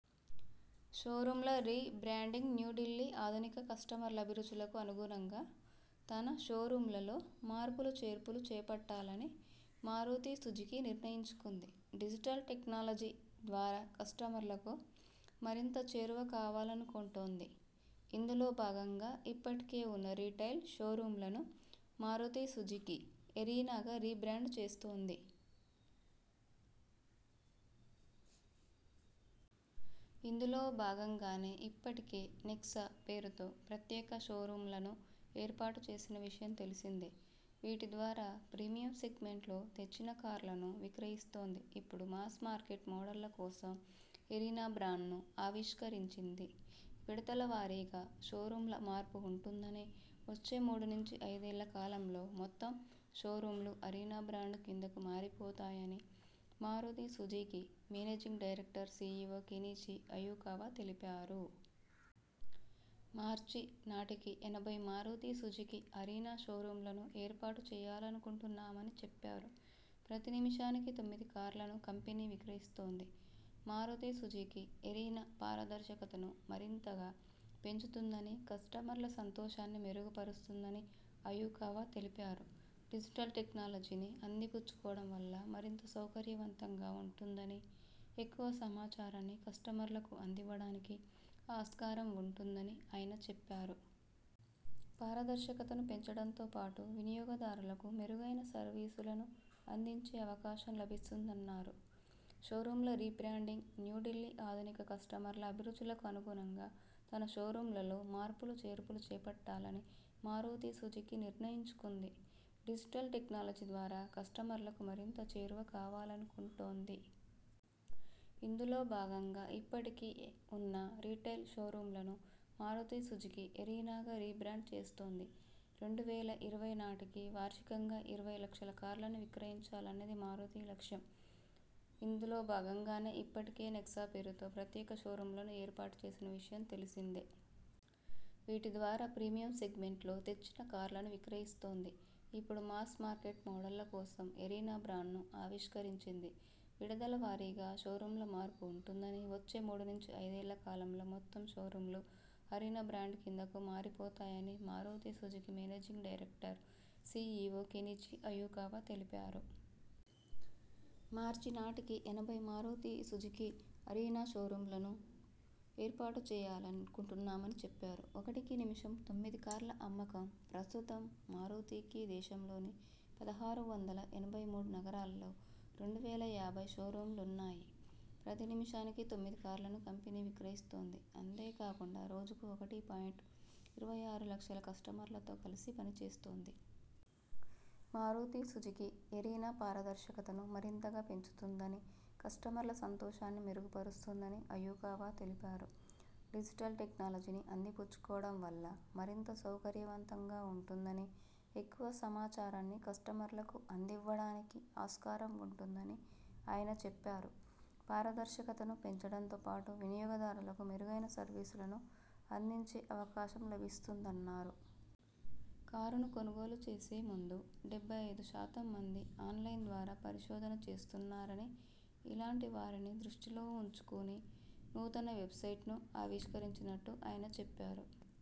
షోరూమ్ల rebranding New Delhi ఆధునిక కస్టమర్ల అభిరుచులకు అనుగుణంగా తన షోరూమ్లలో మార్పులు చేర్పులు చేపట్టాలని మారుతి సుజుకీ నిర్ణయించుకుంది. డిజిటల్ టెక్నాలజీ ద్వారా కస్టమర్లకు మరింత చేరువ కావాలనుకుంటోంది. ఇందులో భాగంగా ఇప్పటికే ఉన్న రిటైల్ షోరూమ్లను మారుతి సుజుకీ ఎరీనాగా రీబ్రాండ్ చేస్తోంది. ఇందులో భాగంగానే ఇప్పటికే నెక్సా పేరుతో ప్రత్యేక షోరూమ్లను ఏర్పాటు చేసిన విషయం తెలిసిందే. వీటి ద్వారా ప్రీమియం సెగ్మెంట్లో తెచ్చిన కార్లను విక్రయిస్తోంది. ఇప్పుడు మాస్ మార్కెట్ మోడళ్ల కోసం ఎరీనా బ్రాండ్ను ఆవిష్కరించింది. విడతల వారీగా షోరూమ్ల మార్పు ఉంటుందని, వచ్చే మూడు నుంచి ఐదేళ్ల కాలంలో మొత్తం షోరూమ్లు అరీనా బ్రాండ్ కిందకు మారిపోతాయని Maruti Suzuki managing director, CEO Kenichi Ayukawa తెలిపారు. మార్చి నాటికి ఎనభై మారుతి సుజుకీ అరీనా షోరూమ్లను ఏర్పాటు చేయాలనుకుంటున్నామని చెప్పారు. ప్రతి నిమిషానికి తొమ్మిది కార్లను కంపెనీ విక్రయిస్తోంది. మారుతి సుజుకీ ఎరీనా పార దర్శకతను మరింతగా పెంచుతుందని, కస్టమర్ల సంతోషాన్ని మెరుగు పరుస్తుందని అయుకవా తెలిపారు. డిజిటల్ టెక్నాలజీని అంది పుచ్చుకోవడం వల్ల మరింత సౌకర్యవంతంగా ఉంటుందని, ఎక్కువ సమాచారాన్ని కస్టమర్లకు అందివ్వడానికి ఆస్కారం ఉంటుందని ఆయన చెప్పారు. పారదర్శకతను పెంచడంతో పాటు వినియోగదారులకు మెరుగైన సర్వీసులను అందించే అవకాశం లభిస్తుందన్నారు. షోరూమ్ల రీబ్రాండింగ్ న్యూ ఢిల్లీ ఆధునిక కస్టమర్ల అభి రుచులకు అనుగుణంగా తన షోరూమ్లలో మార్పులు చేర్పులు చేపట్టాలని మారుతి సుజుకీ నిర్ణయించుకుంది. డిజిటల్ టెక్నాలజీ ద్వారా కస్టమర్లకు మరింత చేరువ కావాలనుకుంటోంది. ఇందులో భాగంగా ఇప్పటికే ఉన్న రిటైల్ షోరూమ్లను మారుతి సుజుకీ ఎరీనాగా రీబ్రాండ్ చేస్తోంది. రెండు వేల ఇరవై నాటికి వార్షికంగా ఇరవై లక్షల కార్లను విక్రయించాలన్నది మారుతి లక్ష్యం. ఇందులో భాగం గానే ఇప్పటికే నెక్సా పేరుతో ప్రత్యేక షోరూమ్లను ఏర్పాటు చేసిన విషయం తెలిసిందే. వీటి ద్వారా ప్రీమియం సెగ్మెంట్లో తెచ్చిన కార్లను విక్రయిస్తోంది. ఇప్పుడు మాస్ మార్కెట్ మోడళ్ల కోసం ఎరీనా బ్రాండ్ను ఆవిష్కరించింది. విడతల వారీగా షోరూమ్ల మార్పు ఉంటుందని, వచ్చే మూడు నుంచి ఐదేళ్ల కాలంలో మొత్తం షోరూమ్లు అరీనా బ్రాండ్ కిందకు మారిపోతాయని Maruti Suzuki managing director, CEO Kenichi Ayukawa తెలిపారు. మార్చి నాటికి ఎనభై మారుతి సుజుకీ అరీనా షోరూమ్లను ఏర్పాటు చేయాలనుకుంటున్నామని చెప్పారు. ఒకటి నిమిషం తొమ్మిది కార్ల అమ్మకం ప్రస్తుతం మారుతికి దేశంలోని పదహారు వందల ఎనభై మూడు నగరాల్లో రెండు వేల యాభై షోరూమ్లున్నాయి. ప్రతి నిమిషానికి తొమ్మిది కార్లను కంపెనీ విక్రయిస్తోంది. అంతే కాకుండా రోజుకు ఒకటి పాయింట్ ఇరవై ఆరు లక్షల కస్టమర్లతో కలిసి పనిచేస్తోంది. మారుతి సుజుకీ ఎరీనా పార దర్శకతను మరింతగా పెంచుతుందని, కస్టమర్ల సంతోషాన్ని మెరుగు పరుస్తుందని అయుకవా తెలిపారు. డిజిటల్ టెక్నాలజీని అంది పుచ్చుకోవడం వల్ల మరింత సౌకర్యవంతంగా ఉంటుందని, ఎక్కువ సమాచారాన్ని కస్టమర్లకు అందివ్వడానికి ఆస్కారం ఉంటుందని ఆయన చెప్పారు. పార దర్శకతను పెంచడంతో పాటు వినియోగ దారులకు మెరుగైన సర్వీసులను అందించే అవకాశం లభిస్తుందన్నారు. కారును కొనుగోలు చేసే ముందు డెబ్బై ఐదు శాతం మంది ఆన్లైన్ ద్వారా పరిశోధనా చేస్తున్నారని, ఇలాంటి వారిని దృష్టిలో ఉంచుకుని నూతన వెబ్సైట్ను ఆవిష్కరించినట్టు ఆయన చెప్పారు.